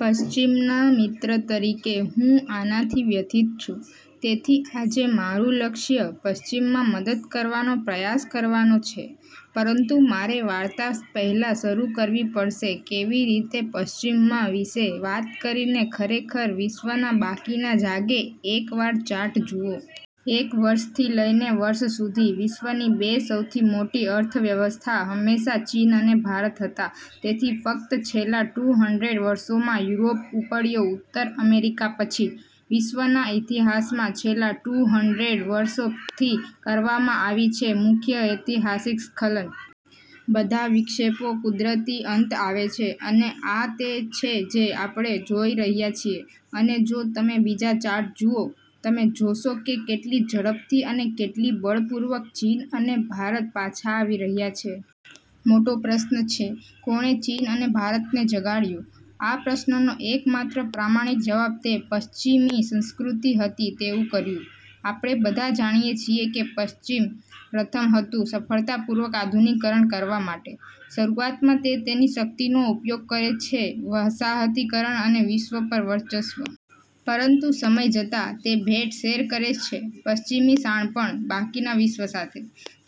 પશ્ચિમના મિત્ર તરીકે હું આનાથી વ્યથિત છું. તેથી આજે મારું લક્ષ્ય પશ્ચિમમાં મદદ કરવાનો પ્રયાસ કરવાનો છે. પરંતુ મારે વાર્તા પહેલા શરૂ કરવી પડશે કેવી રીતે પશ્ચિમમાં વિશે વાત કરીને ખરેખર વિશ્વના બાકીના જાગે એકવાર ચાર્ટ જુઓ. એક વર્ષથી લઈને વર્ષ સુધી, વિશ્વની બે સૌથી મોટી અર્થવ્યવસ્થા હંમેશાં ચીન અને ભારત હતા. તેથી ફક્ત છેલ્લા ટુ હન્ડ્રેડ વર્ષોમાં યુરોપ ઉપડ્યો ઉત્તર અમેરિકા પછી. વિશ્વના ઇતિહાસમાં છેલ્લા ટુ હન્ડ્રેડ વર્ષ થી કરવામાં આવી છે મુખ્ય ઐતિહાસિક સ્ખલન. બધા વિક્ષેપો કુદરતી અંત આવે છે અને આ તે છે જે આપણે જોઈ રહ્યા છીએ. અને જો તમે બીજા ચાર્ટ જુઓ, તમે જોશો કે કેટલી ઝડપથી અને કેટલી બળપૂર્વક ચીન અને ભારત પાછા આવી રહ્યા છે. મોટો પ્રશ્ન છે, "કોણે ચીન અને ભારતને જગાડ્યું?" આ પ્રશ્નનો એકમાત્ર પ્રામાણિક જવાબ તે પશ્ચિમી સંસ્કૃતિ હતી તેવું કર્યું. આપણે બધા જાણીએ છીએ કે પશ્ચિમ પ્રથમ હતું સફળતાપૂર્વક આધુનિકીકરણ કરવા માટે. શરૂઆતમાં તે તેની શક્તિનો ઉપયોગ કરે છે વસાહતીકરણ અને વિશ્વ પર વર્ચસ્વ. પરંતુ સમય જતાં, તે ભેટ શેર કરે છે પશ્ચિમી શાણપણ બાકીના વિશ્વ સાથે.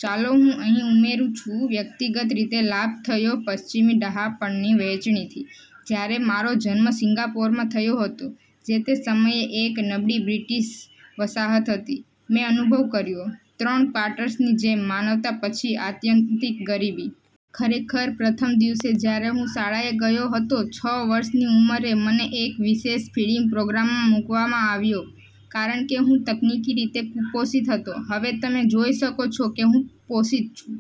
ચાલો હું અહીં ઉમેરું છું વ્યક્તિગત રીતે લાભ થયો પશ્ચિમી ડહાપણની વહેંચણીથી. જ્યારે મારો જન્મ સિંગાપોરમાં થયો હતો, જે તે સમયે એક નબળી બ્રિટીશ વસાહત હતી, મેં અનુભવ કર્યો, ત્રણ ક્વાર્ટરની જેમ માનવતા પછી આત્યંતિક ગરીબી. ખરેખર, પ્રથમ દિવસે જ્યારે હું શાળાએ ગયો હતો છ વર્ષની ઉંમરે, મને એક વિશેષ ફીડિંગ પ્રોગ્રામમાં મૂકવામાં આવ્યો કારણ કે હું તકનીકી રીતે કુપોષિત હતો. હવે તમે જોઈ શકો છો કે હું પોષિત છું.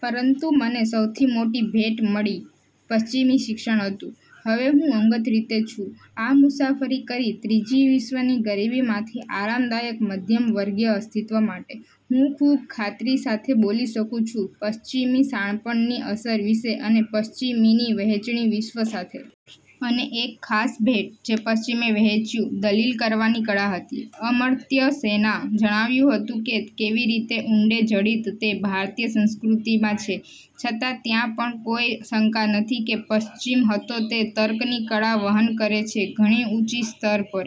પરંતુ મને સૌથી મોટી ભેટ મળી પશ્ચિમી શિક્ષણ હતું. હવે હું અંગત રીતે છું. આ મુસાફરી કરી ત્રીજી વિશ્વની ગરીબીમાંથી આરામદાયક મધ્યમવર્ગીય અસ્તિત્વ માટે. હું ખૂબ ખાતરી સાથે બોલી શકું છું પશ્ચિમી શાણપણની અસર વિશે અને પશ્ચિમીની વહેંચણી વિશ્વ સાથે. અને એક ખાસ ભેટ જે પશ્ચિમે વહેંચ્યું દલીલ કરવાની કળા હતી. અમર્ત્ય સેન જણાવ્યું હતું કે કેવી રીતે ઊંડે જડિત તે ભારતીય સંસ્કૃતિમાં છે. છતાં ત્યાં પણ કોઈ શંકા નથી કે તે પશ્ચિમ હતો તે તર્કની કળા વહન કરે છે ઘણી ઊંચી સ્તર પર.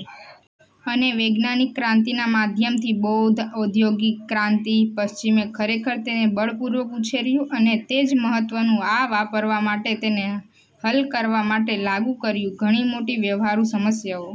અને વૈજ્ઞાનિક ક્રાંતિના માધ્યમથી બોધ, ઔદ્યોગિક ક્રાંતિ, પશ્ચિમે ખરેખર તેને બળપૂર્વક ઉછેર્યું અને તે જ મહત્વનું આ વાપરવા માટે તેને હલ કરવા માટે લાગુ કર્યું ઘણી મોટી વ્યવહારુ સમસ્યાઓ.